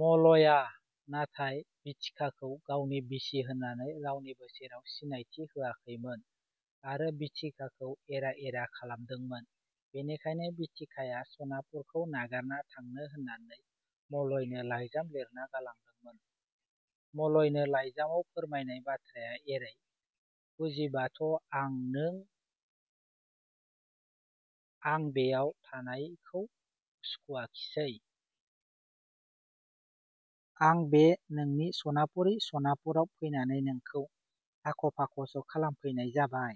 मलया नाथाय बिथिकाखौ गावनि बिसि होननानै रावनिबो सेराव सिनायथि होआखैमोन आरो बिथिकाखौ एरा एरा खालामदोंमोन। बेनिखायनो बिथिकाया सनापुरखौ नागारना थांनो होननानै मलयनो लाइजाम लिरना गालांदोंमोन। मलयनो लाइजामाव फोरमायनाय बाथ्राया एरै- "बुजिबाथ आं नों आं बेयाव थानायखौ सुखुवाखिसै। आं बे नोंनि सनापुरि सनापुराव फैनानै नोंखौ आख' फाख 'सो खालामफैनाय जाबाय।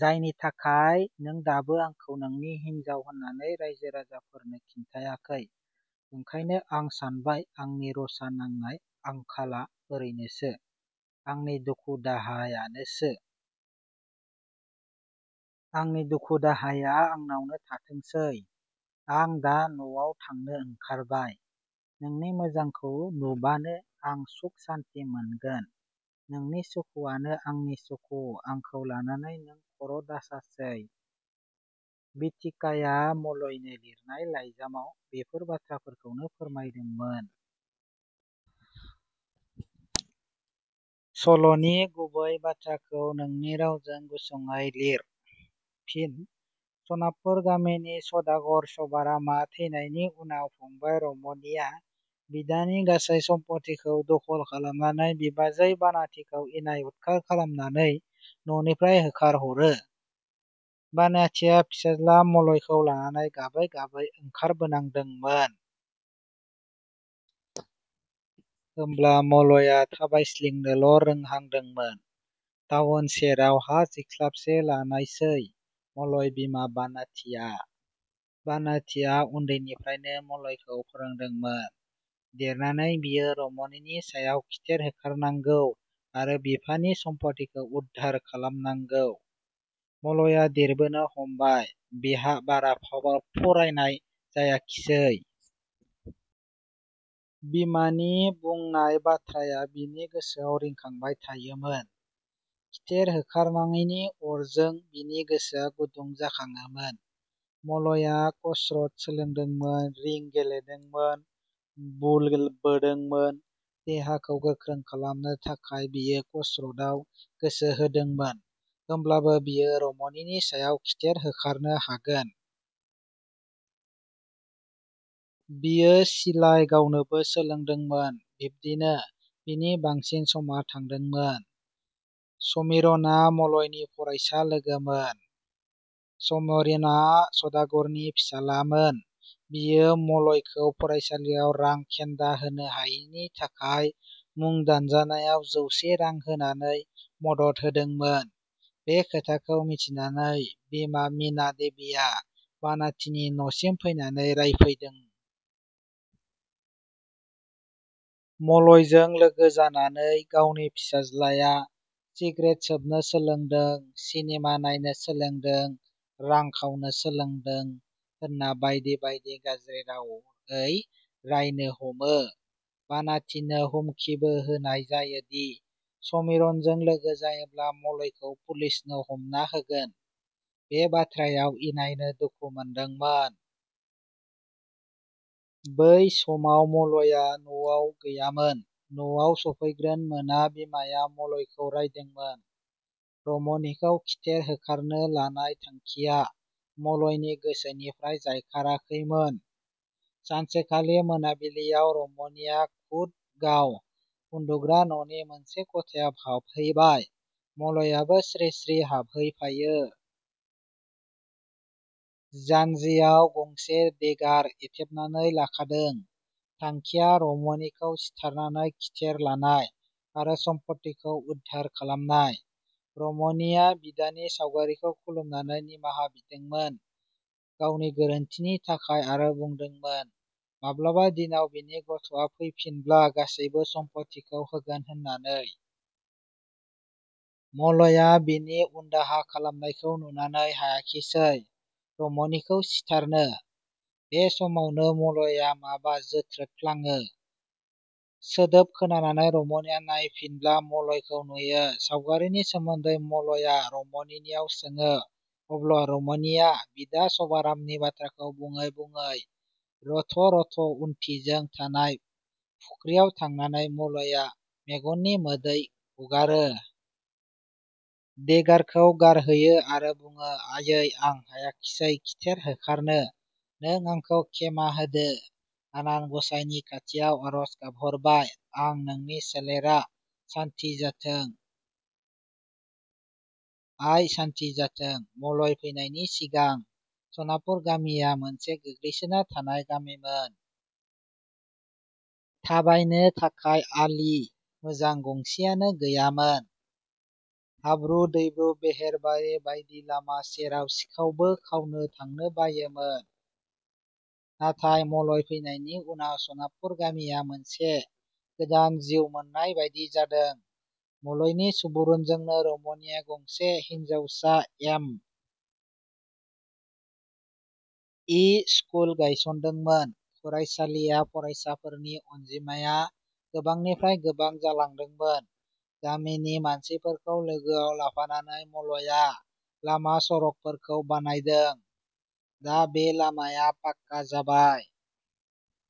जायनि थाखाय नों दाबो आंखौ नोंनि हिनजाव होननानै रायजो राजाफोरनो खिन्थायाखै। ओंखायनो आं सानबाय आंनि रसा नांनाय, आंखाला औरैनोसो। आंनि दुखु दाहायानोसो। आंनि दुख दाहाया आंनावनो थाथोंसै। आं दा न 'आव थांनो ओंखारबाय। नोंनि मोजांखौ नुबानो आं सुख सान्ति मोनगोन। नोंनि सुखुवानो आंनि सुखु। आंखौ लानानै नों खर' दासासै। " बिथिकाया मलयनो लिरनाय लाइजामाव बेफोर बाथ्राफोरखौनो फोरमायदोंमोन। सल 'नि गुबै बाथ्राखौ नोंनि रावजों गुसुङै लिए। फिनः सनापुर गामिनि सदागर शभारामआ थैनायनि उनाव फंबाइ रमनिया बिदानि गासै सम्फथिखौ दखल खालामनानै बिबाजै बानाथिखौ इनाय उदखार खालामनानै न 'निफ्राय होखार हरो। बानाथिया फिसाज्ला मलयखौ लानानै गाबै गाबै ओंखारबोनांदोंमोन। होमब्ला मलया थाबायस्लिंनोल' रोहांदोंमोन। टाउन सेराव हा जिखलाबसे लानायसै मलय बिमा बानाथिया। बानाथिया उन्दैनिफ्रायनो मलयखौ फोरोंदोंमोन देरनानै बियो रमनिनि सायाव खिथिर होखारनांगौ आरो बिफानि सम्फथिखौ उदधार खालामनांगौ। मलया देरबोनो हमबाय। बिहा बारा फरायनाय जायाखिसै। बिमानि बुंनाय बाथ्राया बिनि गोसोआ रिंखांबाय थायोमोन। खिथेर होखारनायनि अरजों बिनि गोसोआ गुदुं जाखाङोमोन। मलया कसरट सोलोंदोंमोन, रिं गेलेदोंमोन, बुल बोदोंमोन। देहाखौ गोख्रों खालामनो थाखाय बियो कसरतआव गोसो होदोंमोन होमब्लासो बियो रमनिनि सायाव खिथिर होखारनो हागोन। बियो सिलाइ गावनोबो सोलोंदोंमोन। बिब्दिनो बिनि बांसिन समा थांदोंमोन। समिरनआ मलयनि फरायसा लोगोमोन। समिरनआ सदागरनि फिसालामोन बियो मलयखौ फरायसालियाव रां खेन्दा होनो हायैनि थाखाय मुं दानजानायाव जौसे रां होनानै मदद होदोंमोन। बे खोथाखौ मिथिनानै बिमा मिना देबिया बानाथिनि न 'सिम फैनानै रायफैदों। मलयजों लोगो जानानै गावनि फिसाज्लाया सिग्रेट सोबनो सोलोंदों, सिनेमा नायनो सोलोंदों, रां खावनो सोलोंदों होनना बायदि बायदि गाज्रि रावै रायनो हमो। बानाथिनो हुमखिबो होनाय जायोदि समिरनजों लोगो जायोब्ला मलयखौ पुलिसनो हमना होगोन। बे बाथ्रायाव इनायनो दुखु मोनदोंमोन। बै समाव मलया न 'आव गैयामोन। न 'आव सफैग्रोन मोना बिमाया मलयखौ रायदोंमोन। रमनिखौ खिथिर होखारनो लानाय थांखिया मलयनि गोसोनिफ्राय जायखाराखैमोन। सानसेखालि मोनाबिलियाव रमनिया खुद गाव उन्दुग्रा न'नि मोनसे खथायाव हाबहैबाय। मलयाबो स्रि स्रि हाबहैफायो। जानजियाव गंसे देगार एथेबनानै लाखादों। थांखिया रमनिखौ सिथारनानै खिथिर लानाय आरो सम्फथिखौ उदधार खालामनाय। रमनिया बिदानि सावगारिखौ खुलुमनानै निमाहा बिदोंमोन गावनि गोरोन्थिनि थाखाय आरो बुंदोंमोन माब्लाबा दिनाव बिनि गथआ फैफिनब्ला गासैबो सम्फथिखौ होगोन होननानै। मलया बिनि उनदाहा खालामनायखौ नुनानै हायाखिसै रमनिखौ सिथारनो। बे समावनो मलया माबा जोथ्रोदफ्लाङो। सोदोब खोनानानै रमनिया नायफिनब्ला मलयखौ नुयो। सावगारिनि सोमोन्दै मलया रमनिनियाव सोङो। अब्ला रमनिया बिदा शभारामनि बाथ्राखौ बुङै बुङै रथ' रथ' उनथिजों थानाय फुख्रियाव थांनानै मलया मेगननि मोदै हुगारो। देगारखौ गारहैयो आरो बुङो, "आइयै, आं हायाखिसै खिथिर होखारनो। नों आंखौ क्षेमा होदो। आनान गसाइनि खाथियाव आरज गाबहरबाय आं नोंनि सोलेरा सान्थि जाथों। आइ सान्थि जाथों। " मलय फैनायनि सिंगां सनापुर गामिया मोनसे गोग्लैसोना थानाय गामिमोन। थाबायनो थाखाय आलि मोजां गंसेयानो गैयामोन। हाब्रु दैब्रु बेहेर बारि बायदि लामा जेराव सिखावबो खावनो थांनो बायोमोन। नाथाय मलय फैनायनि उनाव सनापुर गामिया मोनसे गोदान जिउ मोननाय बायदि जादों। मलयनि सुबुरुनजोंनो रमनिया गंसे हिनजावसा एम. इ. स्कुल गायसनदोंमोन। फरायसालिया फरायसाफोरनि अनजिमाया गोबांनिफ्राय गोबां जालांदोंमोन गामिनि मानसिफोरखौ लोगोआव लाफानानै मलया लामा सरगफोरखौ बानायदों। दा बे लामाया पाका जाबाय।